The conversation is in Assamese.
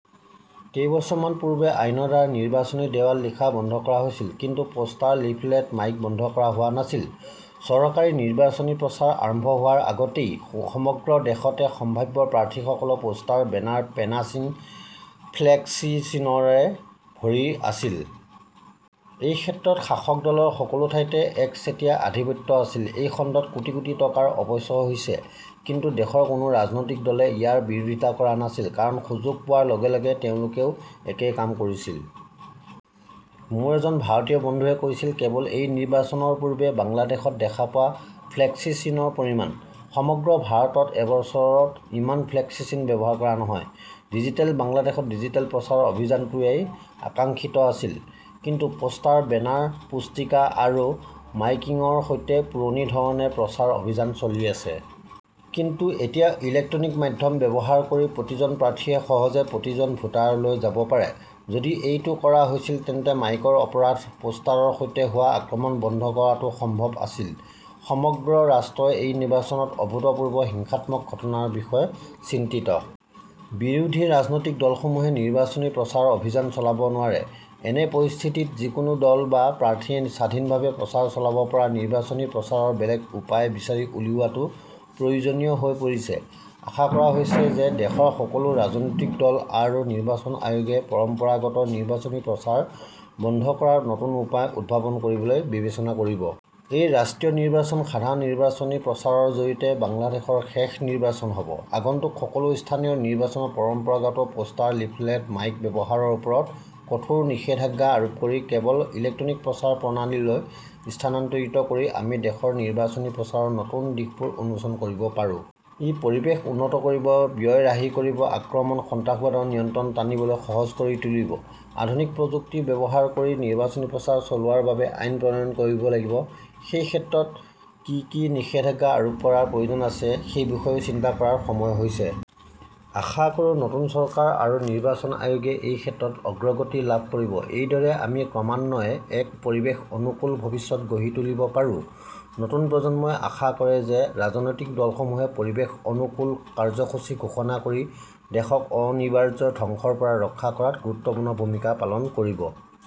কেইবছৰমান পূৰ্বে আইনৰ দ্বাৰা নিৰ্বাচনী দেৱাল লিখা বন্ধ কৰা হৈছিল। কিন্তু পোষ্টাৰ, লিফলেট, মাইক বন্ধ কৰা হোৱা নাছিল। চৰকাৰী নিৰ্বাচনী প্ৰচাৰ আৰম্ভ হোৱাৰ আগতেই সমগ্ৰ দেশতে সম্ভাৱ্য প্ৰাৰ্থীসকলৰ পোষ্টাৰ, বেনাৰ, পেনাচিন, ফ্লেক্সিচিনৰে ভৰি আছিল। এই ক্ষেত্ৰত শাসক দলৰ সকলো ঠাইতে একচেটিয়া আধিপত্য আছিল। এই খণ্ডত কোটি কোটি টকাৰ অপচয় হৈছে। কিন্তু দেশৰ কোনো ৰাজনৈতিক দলে ইয়াৰ বিৰোধিতা কৰা নাছিল। কাৰণ সুযোগ পোৱাৰ লগে লগে তেওঁলোকেও একে কাম কৰিছিল। মোৰ এজন ভাৰতীয় বন্ধুৱে কৈছিল, কেৱল এই নিৰ্বাচনৰ পূৰ্বে বাংলাদেশত দেখা পোৱা ফ্লেক্সিচিনৰ পৰিমাণ, সমগ্ৰ ভাৰতত এবছৰত ইমান ফ্লেক্সিচিন ব্যৱহাৰ কৰা নহয়! ডিজিটেল বাংলাদেশত ডিজিটেল প্ৰচাৰ অভিযানটোৱেই আকাংক্ষিত আছিল। কিন্তু প'ষ্টাৰ, বেনাৰ, পুস্তিকা আৰু মাইকিংৰ সৈতে পুৰণি ধৰণে প্ৰচাৰ অভিযান চলি আছে। কিন্তু এতিয়া ইলেক্ট্ৰনিক মাধ্যম ব্যৱহাৰ কৰি প্ৰতিজন প্ৰাৰ্থীয়ে সহজে প্ৰতিজন ভোটাৰলৈ যাব পাৰে। যদি এইটো কৰা হৈছিল তেন্তে মাইকৰ অপৰাধ, পোষ্টাৰৰ সৈতে হোৱা আক্ৰমণ বন্ধ কৰাটো সম্ভৱ আছিল। সমগ্ৰ ৰাষ্ট্ৰই এই নিৰ্বাচনত অভূতপূৰ্ব হিংসাত্মক ঘটনাৰ বিষয়ে চিন্তিত। বিৰোধী ৰাজনৈতিক দলসমূহে নিৰ্বাচনী প্ৰচাৰ অভিযান চলাব নোৱাৰে। এনে পৰিস্থিতিত যিকোনো দল বা প্ৰাৰ্থীয়ে স্বাধীনভাৱে প্ৰচাৰ চলাব পৰা নিৰ্বাচনী প্ৰচাৰৰ বেলেগ উপায় বিচাৰি উলিওৱাটো প্ৰয়োজনীয় হৈ পৰিছে। আশা কৰা হৈছে যে দেশৰ সকলো ৰাজনৈতিক দল আৰু নিৰ্বাচন আয়োগে পৰম্পৰাগত নিৰ্বাচনী প্ৰচাৰ বন্ধ কৰাৰ নতুন উপায় উদ্ভাৱন কৰিবলৈ বিবেচনা কৰিব। এই ৰাষ্ট্ৰীয় নিৰ্বাচন সাধাৰণ নিৰ্বাচনী প্ৰচাৰৰ জৰিয়তে বাংলাদেশৰ শেষ নিৰ্বাচন হ 'ব। আগন্তুক সকলো স্থানীয় নিৰ্বাচনত পৰম্পৰাগত পোষ্টাৰ, লিফলেট, মাইক ব্যৱহাৰৰ ওপৰত কঠোৰ নিষেধাজ্ঞা আৰোপ কৰি কেৱল ইলেক্ট্ৰনিক প্ৰচাৰ প্ৰণালীলৈ স্থানান্তৰিত কৰি আমি দেশৰ নিৰ্বাচনী প্ৰচাৰৰ নতুন দিশবোৰ উন্মোচন কৰিব পাৰোঁ। ই পৰিৱেশ উন্নত কৰিব, ব্যয় ৰাহি কৰিব, আক্ৰমণ, সন্ত্ৰাসবাদৰ নিয়ন্ত্ৰণ টানিবলৈ সহজ কৰি তুলিব। আধুনিক প্ৰযুক্তি ব্যৱহাৰ কৰি নিৰ্বাচনী প্ৰচাৰ চলোৱাৰ বাবে আইন প্ৰণয়ন কৰিব লাগিব। সেই ক্ষেত্ৰত কি কি নিষেধাজ্ঞা আৰোপ কৰাৰ প্ৰয়োজন আছে সেই বিষয়েও চিন্তা কৰাৰ সময় হৈছে। আশা কৰোঁ নতুন চৰকাৰ আৰু নিৰ্বাচন আয়োগে এই ক্ষেত্ৰত অগ্ৰগতি লাভ কৰিব। এইদৰে আমি ক্ৰমান্বয়ে এক পৰিৱেশ অনুকূল ভৱিষ্যত গঢ়ি তুলিব পাৰোঁ। নতুন প্ৰজন্মই আশা কৰে যে ৰাজনৈতিক দলসমূহে পৰিৱেশ অনুকূল কাৰ্যসূচী ঘোষণা কৰি দেশক অনিবাৰ্য ধ্বংসৰ পৰা ৰক্ষা কৰাত গুৰুত্বপূৰ্ণ ভূমিকা পালন কৰিব।